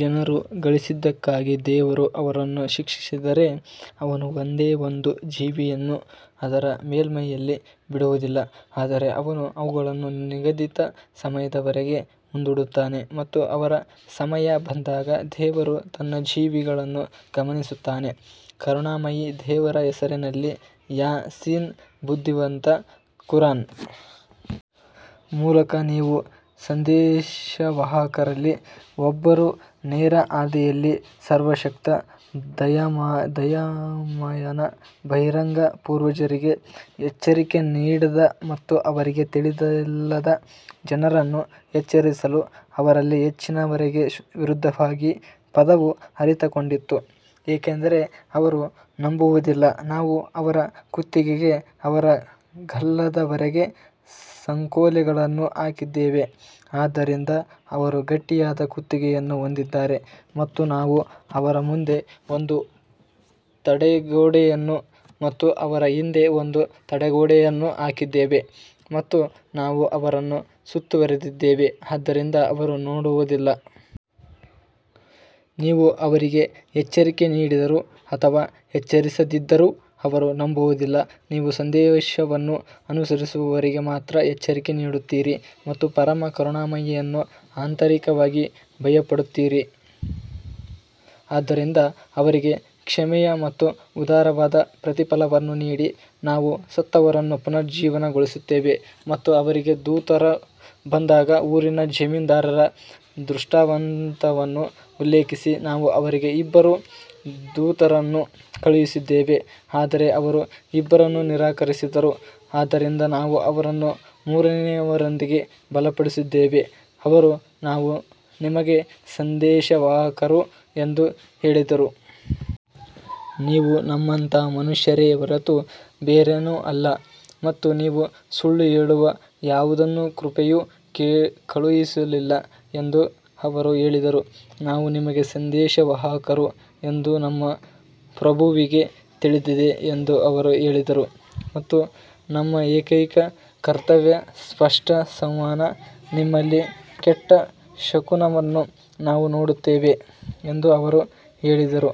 ಜನರು ಗಳಿಸಿದ್ದಕ್ಕಾಗಿ ದೇವರು ಅವರನ್ನು ಶಿಕ್ಷಿಸಿದರೆ, ಅವನು ಒಂದೇ ಒಂದು ಜೀವಿಯನ್ನು ಅದರ ಮೇಲ್ಮೈಯಲ್ಲಿ ಬಿಡುವುದಿಲ್ಲ ಆದರೆ ಅವನು ಅವುಗಳನ್ನು ನಿಗದಿತ ಸಮಯದವರೆಗೆ ಮುಂದೂಡುತ್ತಾನೆ ಮತ್ತು ಅವರ ಸಮಯ ಬಂದಾಗ ದೇವರು ತನ್ನ ಜೀವಿಗಳನ್ನು ಗಮನಿಸುತ್ತಾನೆ. ಕರುಣಾಮಯಿ ದೇವರ ಹೆಸರಿನಲ್ಲಿ ಯಾ ಸೀನ್ ಬುದ್ಧಿವಂತ ಕುರಾನ್ ಮೂಲಕ ನೀವು ಸಂದೇಶವಾಹಕರಲ್ಲಿ ಒಬ್ಬರು ನೇರ ಹಾದಿಯಲ್ಲಿ ಸರ್ವಶಕ್ತ ದಯಾಮಯನ ಬಹಿರಂಗ ಪೂರ್ವಜರಿಗೆ ಎಚ್ಚರಿಕೆ ನೀಡದ ಮತ್ತು ಅವರಿಗೆ ತಿಳಿದಿಲ್ಲದ ಜನರನ್ನು ಎಚ್ಚರಿಸಲು ಅವರಲ್ಲಿ ಹೆಚ್ಚಿನವರಿಗೆ ವಿರುದ್ಧವಾಗಿ ಪದವು ಅರಿತುಕೊಂಡಿತು ಏಕೆಂದರೆ ಅವರು ನಂಬುವುದಿಲ್ಲ ನಾವು ಅವರ ಕುತ್ತಿಗೆಗೆ ಅವರ ಗಲ್ಲದವರೆಗೆ ಸಂಕೋಲೆಗಳನ್ನು ಹಾಕಿದ್ದೇವೆ ಆದ್ದರಿಂದ ಅವರು ಗಟ್ಟಿಯಾದ ಕುತ್ತಿಗೆಯನ್ನು ಹೊಂದಿದ್ದಾರೆ ಮತ್ತು ನಾವು ಅವರ ಮುಂದೆ ಒಂದು ತಡೆಗೋಡೆಯನ್ನು ಮತ್ತು ಅವರ ಹಿಂದೆ ಒಂದು ತಡೆಗೋಡೆಯನ್ನು ಹಾಕಿದ್ದೇವೆ ಮತ್ತು ನಾವು ಅವರನ್ನು ಸುತ್ತುವರೆದಿದ್ದೇವೆ ಆದ್ದರಿಂದ ಅವರು ನೋಡುವುದಿಲ್ಲ. ನೀವು ಅವರಿಗೆ ಎಚ್ಚರಿಕೆ ನೀಡಿದರೂ ಅಥವಾ ಎಚ್ಚರಿಸದಿದ್ದರೂ ಅವರು ನಂಬುವುದಿಲ್ಲ ನೀವು ಸಂದೇಶವನ್ನು ಅನುಸರಿಸುವವರಿಗೆ ಮಾತ್ರ ಎಚ್ಚರಿಕೆ ನೀಡುತ್ತೀರಿ ಮತ್ತು ಪರಮ ಕರುಣಾಮಯಿಯನ್ನು ಆಂತರಿಕವಾಗಿ ಭಯಪಡುತ್ತೀರಿ ಆದ್ದರಿಂದ ಅವರಿಗೆ ಕ್ಷಮೆಯ ಮತ್ತು ಉದಾರವಾದ ಪ್ರತಿಫಲವನ್ನು ನೀಡಿ ನಾವು ಸತ್ತವರನ್ನು ಪುನರುಜ್ಜೀವನಗೊಳಿಸುತ್ತೇವೆ. ಮತ್ತು ಅವರಿಗೆ ದೂತರು ಬಂದಾಗ ಊರಿನ ಜಮೀನ್ದಾರರ ದೃಷ್ಟಾಂತವನ್ನು ಉಲ್ಲೇಖಿಸಿ ನಾವು ಅವರಿಗೆ ಇಬ್ಬರು ದೂತರನ್ನು ಕಳುಹಿಸಿದ್ದೇವೆ ಆದರೆ ಅವರು ಇಬ್ಬರನ್ನೂ ನಿರಾಕರಿಸಿದರು, ಆದ್ದರಿಂದ ನಾವು ಅವರನ್ನು ಮೂರನೆಯವರೊಂದಿಗೆ ಬಲಪಡಿಸಿದ್ದೇವೆ ಅವರು ನಾವು ನಿಮಗೆ ಸಂದೇಶವಾಹಕರು ಎಂದು ಹೇಳಿದರು. ನೀವು ನಮ್ಮಂತಹ ಮನುಷ್ಯರೇ ಹೊರತು ಬೇರೇನೂ ಅಲ್ಲ ಮತ್ತು ನೀವು ಸುಳ್ಳು ಹೇಳುವ ಯಾವುದನ್ನೂ ಕೃಪೆಯು ಕಳುಹಿಸಲಿಲ್ಲ ಎಂದು ಅವರು ಹೇಳಿದರು ನಾವು ನಿಮಗೆ ಸಂದೇಶವಾಹಕರು ಎಂದು ನಮ್ಮ ಪ್ರಭುವಿಗೆ ತಿಳಿದಿದೆ ಎಂದು ಅವರು ಹೇಳಿದರು ಮತ್ತು ನಮ್ಮ ಏಕೈಕ ಕರ್ತವ್ಯ ಸ್ಪಷ್ಟ ಸಂವಹನ ನಿಮ್ಮಲ್ಲಿ ಕೆಟ್ಟ ಶಕುನವನ್ನು ನಾವು ನೋಡುತ್ತೇವೆ ಎಂದು ಅವರು ಹೇಳಿದರು,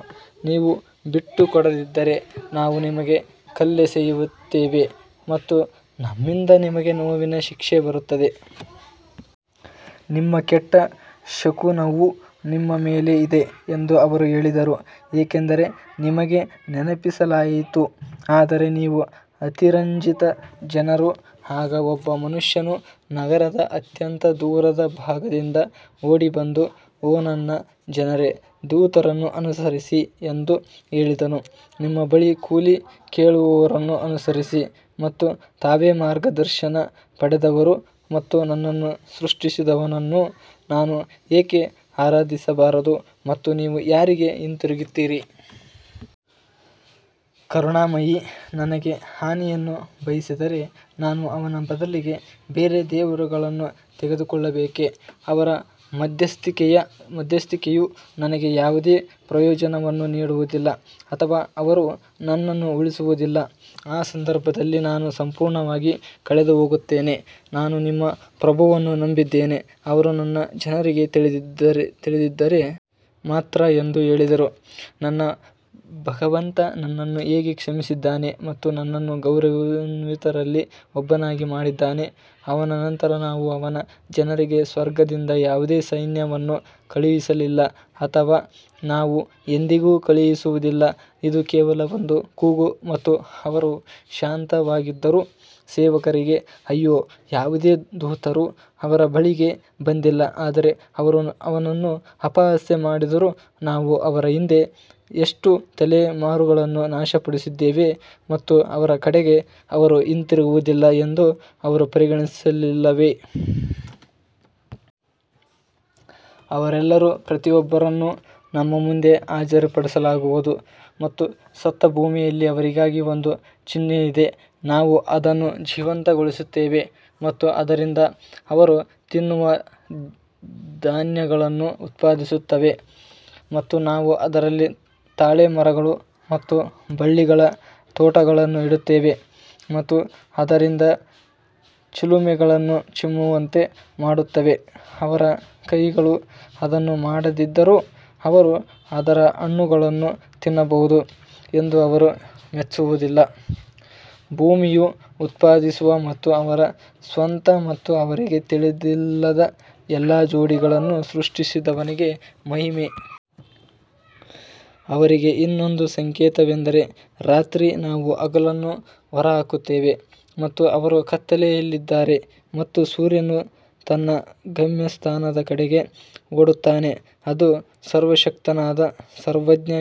ನೀವು ಬಿಟ್ಟುಕೊಡದಿದ್ದರೆ ನಾವು ನಿಮಗೆ ಕಲ್ಲೆಸೆಯುತ್ತೇವೆ ಮತ್ತು ನಮ್ಮಿಂದ ನಿಮಗೆ ನೋವಿನ ಶಿಕ್ಷೆ ಬರುತ್ತದೆ. ನಿಮ್ಮ ಕೆಟ್ಟ ಶಕುನವು ನಿಮ್ಮ ಮೇಲೆ ಇದೆ ಎಂದು ಅವರು ಹೇಳಿದರು, ಏಕೆಂದರೆ ನಿಮಗೆ ನೆನಪಿಸಲಾಯಿತು ಆದರೆ ನೀವು ಅತಿರಂಜಿತ ಜನರು ಆಗ ಒಬ್ಬ ಮನುಷ್ಯನು ನಗರದ ಅತ್ಯಂತ ದೂರದ ಭಾಗದಿಂದ ಓಡಿ ಬಂದು ಓ ನನ್ನ ಜನರೇ ದೂತರನ್ನು ಅನುಸರಿಸಿ ಎಂದು ಹೇಳಿದನು ನಿಮ್ಮ ಬಳಿ ಕೂಲಿ ಕೇಳುವವರನ್ನು ಅನುಸರಿಸಿ ಮತ್ತು ತಾವೇ ಮಾರ್ಗದರ್ಶನ ಪಡೆದವರು ಮತ್ತು ನನ್ನನ್ನು ಸೃಷ್ಟಿಸಿದವನನ್ನು ನಾನು ಏಕೆ ಆರಾಧಿಸಬಾರದು ಮತ್ತು ನೀವು ಯಾರಿಗೆ ಹಿಂತಿರುಗುತ್ತೀರಿ? ಕರುಣಾಮಯಿ ನನಗೆ ಹಾನಿಯನ್ನು ಬಯಸಿದರೆ ನಾನು ಅವನ ಬದಲಿಗೆ ಬೇರೆ ದೇವರುಗಳನ್ನು ತೆಗೆದುಕೊಳ್ಳಬೇಕೇ, ಅವರ ಮಧ್ಯಸ್ಥಿಕೆಯು ನನಗೆ ಯಾವುದೇ ಪ್ರಯೋಜನವನ್ನು ನೀಡುವುದಿಲ್ಲ ಅಥವಾ ಅವರು ನನ್ನನ್ನು ಉಳಿಸುವುದಿಲ್ಲ ಆ ಸಂದರ್ಭದಲ್ಲಿ ನಾನು ಸಂಪೂರ್ಣವಾಗಿ ಕಳೆದುಹೋಗುತ್ತೇನೆ ನಾನು ನಿಮ್ಮ ಪ್ರಭುವನ್ನು ನಂಬಿದ್ದೇನೆ. ಅವರು ನನ್ನ ಜನರಿಗೆ ತಿಳಿದಿದ್ದರೆ ಮಾತ್ರ ಎಂದು ಹೇಳಿದರು ನನ್ನ ಭಗವಂತ ನನ್ನನ್ನು ಹೇಗೆ ಕ್ಷಮಿಸಿದ್ದಾನೆ ಮತ್ತು ನನ್ನನ್ನು ಗೌರವಾನ್ವಿತರಲ್ಲಿ ಒಬ್ಬನನ್ನಾಗಿ ಮಾಡಿದ್ದಾನೆ ಅವನ ನಂತರ ನಾವು ಅವನ ಜನರಿಗೆ ಸ್ವರ್ಗದಿಂದ ಯಾವುದೇ ಸೈನ್ಯವನ್ನು ಕಳುಹಿಸಲಿಲ್ಲ ಅಥವಾ ನಾವು ಎಂದಿಗೂ ಕಳುಹಿಸುವುದಿಲ್ಲ ಇದು ಕೇವಲ ಒಂದು ಕೂಗು ಮತ್ತು ಅವರು ಶಾಂತವಾಗಿದ್ದರು ಸೇವಕರಿಗೆ ಅಯ್ಯೋ, ಯಾವುದೇ ದೂತರು ಅವರ ಬಳಿಗೆ ಬಂದಿಲ್ಲ ಆದರೆ ಅವರು ಅವನನ್ನು ಅಪಹಾಸ್ಯ ಮಾಡಿದರು ನಾವು ಅವರ ಹಿಂದೆ ಎಷ್ಟು ತಲೆಮಾರುಗಳನ್ನು ನಾಶಪಡಿಸಿದ್ದೇವೆ ಮತ್ತು ಅವರ ಕಡೆಗೆ ಅವರು ಹಿಂತಿರುಗುವುದಿಲ್ಲ ಎಂದು ಅವರು ಪರಿಗಣಿಸಲಿಲ್ಲವೇ? ಅವರೆಲ್ಲರೂ ಪ್ರತಿಯೊಬ್ಬರನ್ನು ನಮ್ಮ ಮುಂದೆ ಹಾಜರುಪಡಿಸಲಾಗುವುದು ಮತ್ತು ಸತ್ತ ಭೂಮಿಯಲ್ಲಿ ಅವರಿಗಾಗಿ ಒಂದು ಚಿಹ್ನೆ ಇದೆ, ನಾವು ಅದನ್ನು ಜೀವಂತಗೊಳಿಸುತ್ತೇವೆ ಮತ್ತು ಅದರಿಂದ ಅವರು ತಿನ್ನುವ ಧಾನ್ಯಗಳನ್ನು ಉತ್ಪಾದಿಸುತ್ತೇವೆ ಮತ್ತು ನಾವು ಅದರಲ್ಲಿ ತಾಳೆ ಮರಗಳು ಮತ್ತು ಬಳ್ಳಿಗಳ ತೋಟಗಳನ್ನು ಇಡುತ್ತೇವೆ ಮತ್ತು ಅದರಿಂದ ಚಿಲುಮೆಗಳನ್ನು ಚಿಮ್ಮುವಂತೆ ಮಾಡುತ್ತೇವೆ ಅವರ ಕೈಗಳು ಅದನ್ನು ಮಾಡದಿದ್ದರೂ ಅವರು ಅದರ ಹಣ್ಣುಗಳನ್ನು ತಿನ್ನಬಹುದು ಎಂದು ಅವರು ಮೆಚ್ಚುವುದಿಲ್ಲ ಭೂಮಿಯು ಉತ್ಪಾದಿಸುವ ಮತ್ತು ಅವರ ಸ್ವಂತ ಮತ್ತು ಅವರಿಗೆ ತಿಳಿದಿಲ್ಲದ ಎಲ್ಲಾ ಜೋಡಿಗಳನ್ನು ಸೃಷ್ಟಿಸಿದವನಿಗೆ ಮಹಿಮೆ. ಅವರಿಗೆ ಇನ್ನೊಂದು ಸಂಕೇತವೆಂದರೆ ರಾತ್ರಿ ನಾವು ಹಗಲನ್ನು ಹೊರಹಾಕುತ್ತೇವೆ ಮತ್ತು ಅವರು ಕತ್ತಲೆಯಲ್ಲಿದ್ದಾರೆ ಮತ್ತು ಸೂರ್ಯನು ತನ್ನ ಗಮ್ಯಸ್ಥಾನದ ಕಡೆಗೆ ಓಡುತ್ತಾನೆ, ಅದು ಸರ್ವಶಕ್ತನಾದ ಸರ್ವಜ್ಞನ ವಿನ್ಯಾಸವಾಗಿದೆ.